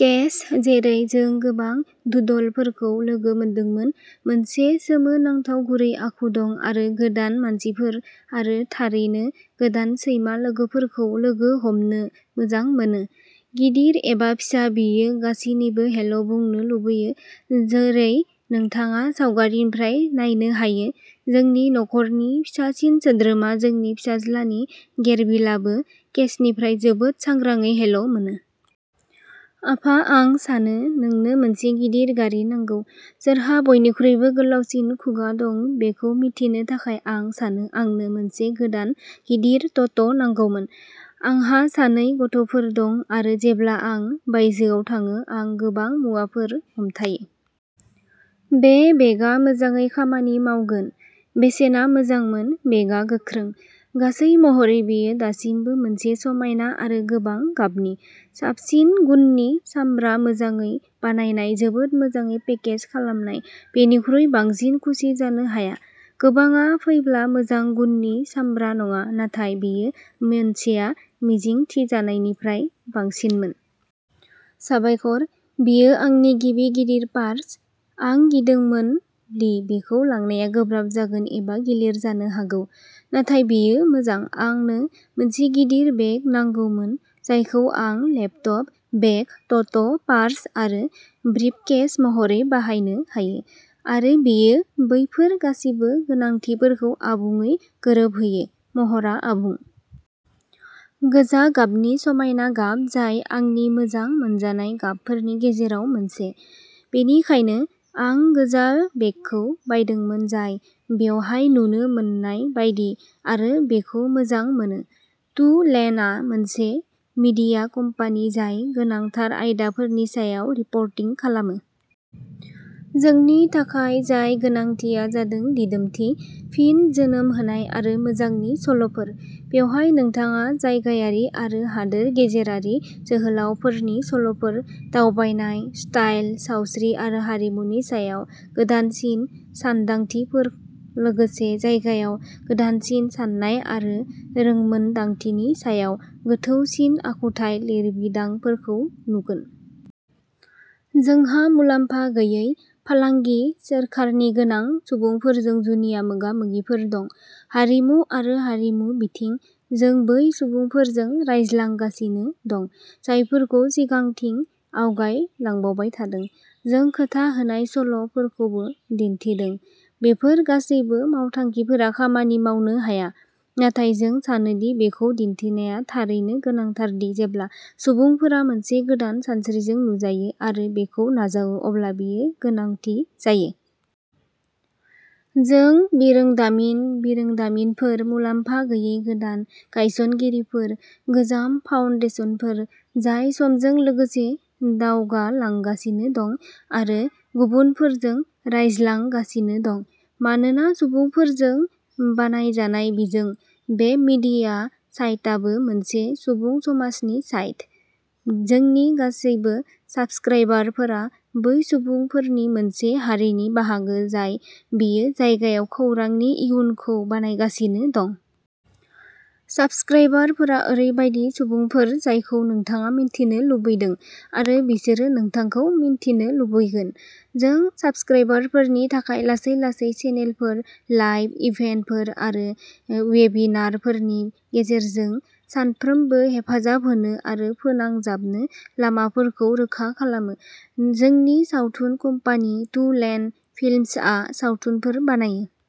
Case, जेरै जों गोबां डुडलफोरखौ लोगो मोनदोंमोन, मोनसे सोमोनांथाव गुरै आखु दं आरो गोदान मानसिफोर आरो थारैनो गोदान सैमा लोगोफोरखौ लोगो हमनो मोजां मोनो। गिदिर एबा फिसा, बियो गासिबोनो हेल' बुंनो लुबैयो, जोरै नोंथाङा सावगारिनिफ्राय नायनो हायो, जोंनि नखरनि फिसासिन सोद्रोमा, जोंनि फिसाज्लानि गेरबिलआबो केसनिफ्राय जोबोद सांग्राङै हेल' मोनो। आफा, आं सानो नोंनो मोनसे गिदिर गारि नांगौ, सोरहा बयनिख्रुइबो गोलावसिन खुगा दं बेखौ मिथिनो थाखाय, आं सानो आंनो मोनसे गोदान गिदिर ट'ट' नांगौमोन। आंहा सानै गथ'फोर दं आरो जेब्ला आं बायजोआव थाङो आं गोबां मुवाफोर हमथायो। बे बेगआ मोजाङै खामानि मावगोन। बेसेना मोजांमोन, बेगआ गोख्रों। गासै महरै बेयो दासिमबो मोनसे समायना आरो गोबां गाबनि। साबसिन गुननि सामब्रा, मोजाङै बानायनाय जोबोद मोजाङै पेकेज खालामनाय बेनिख्रुइ बांसिन खुसि जानो हाया। गोबांआ फैब्ला मोजां गुननि सामब्रा नङा, नाथाय बेयो मोनसेया मिजिंथिजानायनिफ्राय बांसिनमोन। साबायखर। बेयो आंनि गिबि गिदिर पार्स। आं गिदोंमोन दि बेखौ लांनाया गोब्राब जागोन एबा गिलिर जानो हागौ, नाथाय बेयो मोजां। आंनो मोनसे गिदिर बेग नांगौमोन जायखौ आं लेपटप बेग, ट'ट, पार्स आरो ब्रिफकेस महरै बाहायनो हायो आरो बेयो बैफोर गासिबो गोनांथिफोरखौ आबुङै गोरोबहोयो, महरआ आबुं। गोजा गाबनि समायना गाब जाय आंनि मोजां मोनजानाय गाबफोरनि गेजेराव मोनसे। बेनिखायनो, आं गोजा बेगखौ बायदोंमोन जाय बेवहाय नुनो मोननाय बायदि आरो बेखौ मोजां मोनो। टू लेनआ मोनसे मीडिया कम्पानि जाय गोनांथार आयदाफोरनि सायाव रिपर्टिं खालामो। जोंनि थाखाय जाय गोनांथिया जादों दिदोमथि, फिन जोनोम होनाय आरो मोजांनि सल'फोर। बेयाव नोंथाङा जायगायारि आरो हादोर गेजेरारि जोहोलावफोरनि सल'फोर, दावबायनाय, स्टाइल, सावस्रि आरो हारिमुनि सायाव गोदानसिन सानदांथिफोर लोगोसे जायगायाव गोदानसिन साननाय आरो रोंमोनदांथिनि सायाव गोथौसिन आखुथाय लिरबिदांफोरखौ नुगोन। जोंहा मुलाम्फा गैयै, फालांगि, सोरखारनि गोनां सुबुंफोरजों जुनिया मोगा-मोगिफोर दं। हारिमु आरो हारिमु बिथिं। जों बै सुबुंफोरजों रायज्लांगासिनो दं, जायफोरखौ सिगांथिं आवगाय लांबावबाय थादों। जों खोथा होनाय सल "फोरखौबो दिन्थिदों। बेफोर गासैबो मावथांखिफोरा खामानि मावनो हाया, नाथाय जों सानो दि बेखौ दिन्थिनाया थारैनो गोनांथार दि जेब्ला सुबुंफोरा मोनसे गोदान सानस्रिजों नुजायो आरो बेखौ नाजावो अब्ला बेयो गोनांथि जायो। जों बिरोंदामिन बिरोंदामिनफोर, मुलाम्फा गैयै गोदान गायसनगिरिफोर, गोजाम फाउन्डेसनफोर जाय समजों लोगोसे दावगालांगासिनो दं आरो गुबुनफोरजों रायज्लांगासिनो दं। मानोना सुबुंफोरजों बानायजानाय बिजों, बे मिडिया साइटाबो मोनसे सुबुं समाजनि साइट। जोंनि गासिबो साबस्क्राइबारफोरा बै सुबुंफोरनि मोनसे हारिनि बाहागो जाय बे जायगायाव खौरांनि इयुनखौ बानायगासिनो दं। साबस्क्राइबारफोरा ओरैबायदि सुबुंफोर जायखौ नोंथाङा मिन्थिनो लुबैदों आरो बिसोरो नोंथांखौ मिन्थिनो लुबैगोन। जों साबस्क्राइबारफोरनि थाखाय लासै-लासै चेनेलफोर, लाइभ इभेन्टफोर आरो वेबिनारफोरनि गेजेरजों सानफ्रोमबो हेफाजाब होनो आरो फोनांजाबनो लामाफोरखौ रोखा खालामो। जोंनि सावथुन कम्पानि, टू लेन फिल्म्सआ सावथुनफोर बानायो।